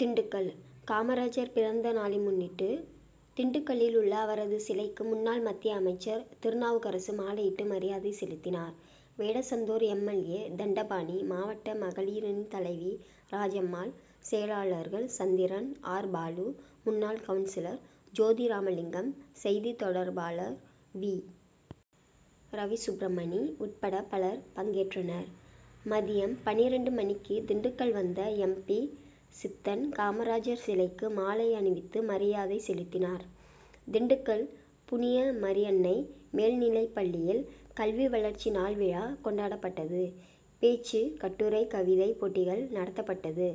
திண்டுக்கல் காமராஜர் பிறந்த நாளை முன்னிட்டு திண்டுக்கல்லில் உள்ள அவரது சிலைக்கு முன்னாள் மத்திய அமைச்சர் திருநாவுக்கரசு மாலையிட்டு மரியாதை செலுத்தினார். Vedasandur M. L. A., Thandapani, மாவட்ட மகளிரணி தலைவி ராஜம்மாள், செயலாளர்கள் சந்திரன், ஆர். பாலு, முன்னாள் கவுன்சிலர் ஜோதிராமலிங்கம், செய்தி தொடர் பாளர் வி. ரவிசுப்ரமணி உட்பட பலர் பங்கேற்றனர். மதியம் பன்னிரண்டு மணிக்கு திண்டுக்கல் வந்த எம். பி.,சித்தன் காமராஜர் சிலைக்கு மாலை அணிவித்து மரியாதை செலுத்தினார். திண்டுக்கல் புனிய மரியன்னை மேல்நிலைப்பள்ளியில் கல்வி வளர்ச்சி நாள் விழா கொண்டாடப் பட்டது. பேச்சு, கட்டுரை, கவிதை போட்டிகள் நடத்தப்பட்டது.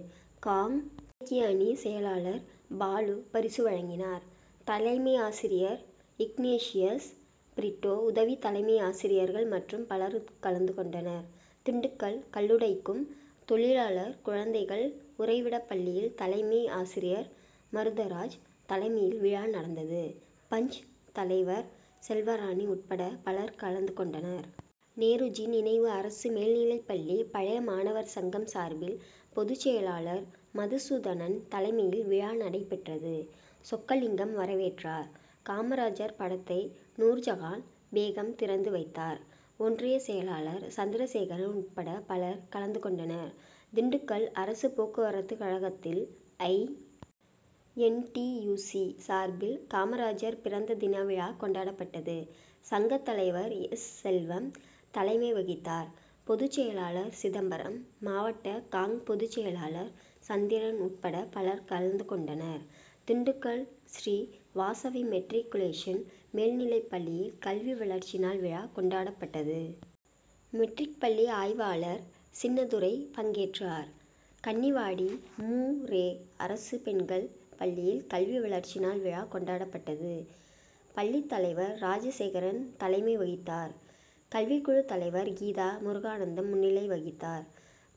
காங்., இலக்கிய அணி செயலாளர் பாலு பரிசு வழங்கினார். தலைமை ஆசிரியர் இக்னேஷியஸ் பிரிட்டோ உதவி தலைமை ஆசிரியர்கள் மற்றும் பலர் கலந்து கொண்டனர். திண்டுக்கல் கல்லுடைக்கும் தொழிலாளர் குழந்தைகள் உறைவிட பள்ளியில் தலைமை ஆசிரியர் மருதராஜ் தலைமையில் விழா நடந்தது. பஞ்., தலைவர் செல்வராணி உட்பட பலர் கலந்து கொண்டனர். நேருஜி நினைவு அரசு மேல்நிலைப்பள்ளி பழைய மாணவர் சங்கம் சார்பில் பொதுச் செயலாளர் மதுசூதனன் தலைமையில் விழா நடைபெற்றது. சொக்கலிங்கம் வரவேற்றார். காமராஜர் படத்தை நூர்ஜகான் பேகம் திறந்து வைத்தார். ஒன்றிய செயலாளர் சந்திர சேகரன் உட்பட பலர் கலந்து கொண்டனர். திண்டுக்கல் அரசு போக்குவரத்து கழகத்தில் I. N. T. U. C. சார்பில் காமராஜர் பிறந்த தின விழா கொண்டாடப்பட்டது. சங்கத் தலைவர் எஸ். செல்வம் தலைமை வகித்தார். பொதுச் செயலாளர் சிதம்பரம், மாவட்ட காங்., பொதுச் செயலாளர் சந்திரன் உட்பட பலர் கலந்து கொண்டனர். திண்டுக்கல் ஸ்ரீ வாசவி மெட்ரிக் குலேசன் மேல்நிலைப்பள்ளியில் கல்வி வளர்ச்சிநாள் விழா கொண்டாடப்பட்டது. மெட்ரிக் பள்ளி ஆய்வாளர் சின்னதுரை பங்கேற்றார். கன்னிவாடி மூ. ரெ. அரசு பெண்கள் பள்ளியில் கல்வி வளர்ச்சி நாள் விழா கொண்டாடப்பட்டது. பள்ளித்தலைவர் ராஜசேகரன் தலை மை வகித்தார். கல்விக்குழு தலைவர் கீதா முருகானந்தம் முன்னிலை வகித்தார்.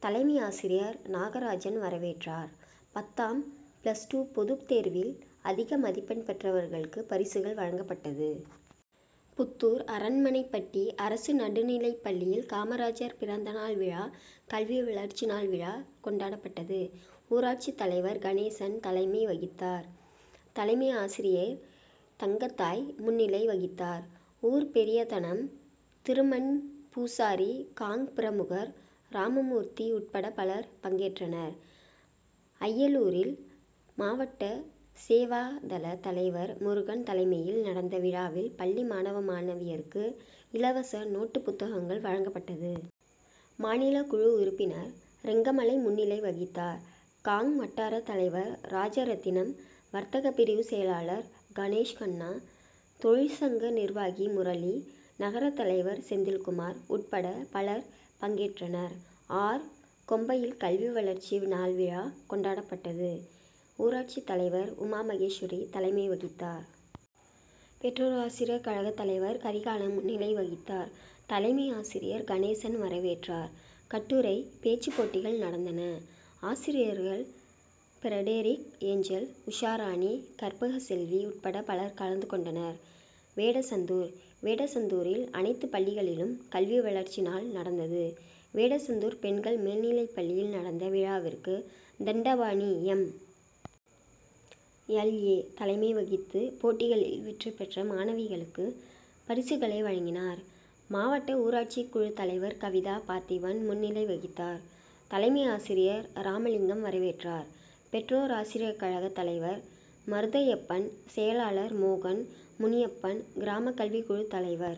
தலைமை ஆசிரியர் நாகராஜன் வரவேற்றார். பத்தாம், பிளஸ் டூ பொது தேர்வில் அதிக மதிப்பெண் பெற்றவர்களுக்கு பரிசுகள் வழங்கப்பட்டது. புத்தூர் அரண்மனைப்பட்டி அரசு நடுநிலைப்பள்ளியில் காமராஜர் பிறந்த நாள் விழா, கல்வி வளர்ச்சி நாள் விழா கொண்டாடப்பட்டது. ஊராட்சித் தலைவர் கணேசன் தலைமை வகித்தார். தலைமை ஆசிரியை தங்கத்தாய் முன்னிலை வகித்தார். ஊர் பெரியதனம் திருமன்பூசாரி, காங். பிரமுகர் ராமமூர்த்தி உட்பட பலர் பங்கேற்றனர். அய்யலூரில் மாவட்ட சேவாதள தலைவர் முருகன் தலைமையில் நடந்த விழாவில் பள்ளி மாணவ, மாணவியருக்கு இலவச நோட்டுபுத்தகங்கள் வழங்கப் பட்டது. மாநில குழு உறுப்பினர் ரெங்கமலை முன்னிலை வகித்தார். காங். வட்டார தலைவர் ராஜரத்தினம், வர்த்தக பிரிவு செயலாளர் கணேஷ்கண்ணா, தொழிற்சங்க நிர்வாகி முரளி, நகரத் தலைவர் செந்தில்குமார் உட்பட பலர் பங்கேற்றனர். ஆர். கோம்பையில் கல்வி வளர்ச்சி நாள் விழா கொண்டாடப்பட்டது. ஊராட்சி தலைவர் உமாமகேஸ்வரி தலைமை வகித்தார். பெற்றோர் ஆசிரியர் கழக தலைவர் கரிகாலன் முன்னிலை வகித்தார். தலைமை ஆசிரியர் கணேசன் வரவேற்றார். கட்டுரை, பேச்சு போட்டிகள் நடந்தன. ஆசிரியர்கள் பிரடெரிக் ஏஞ்சல், உஷாராணி, கற்பகசெல்வி உட்பட பலர் கலந்துகொண்டனர். வேடசந்தூர்: வேடசந்தூரில் அனைத்து பள்ளிகளிலும் கல்வி வளர்ச்சி நாள் நடந்தது. வேடசந்தூர் பெண்கள் மேனிலைப்பள்ளியில் நடந்த விழாவிற்கு தண்டபாணி எம். எல். ஏ. தலைமை வகித்து போட்டிகளில் வெற்றி பெற்ற மாணவிகளுக்கு பரிசுகளை வழங்கினார். மாவட்ட ஊராட்சி குழு தலைவர் கவிதா பார்த்திபன் முன்னிலை வகித்தார். தலைமை ஆசிரியர் ராமலிங்கம் வரவேற்றார். பெற்றோர் ஆசிரியர் கழக தலைவர் மருதையப்பன், செயலாளர் மோகன், முனியப்பன், கிராம கல்வி குழு தலைவர்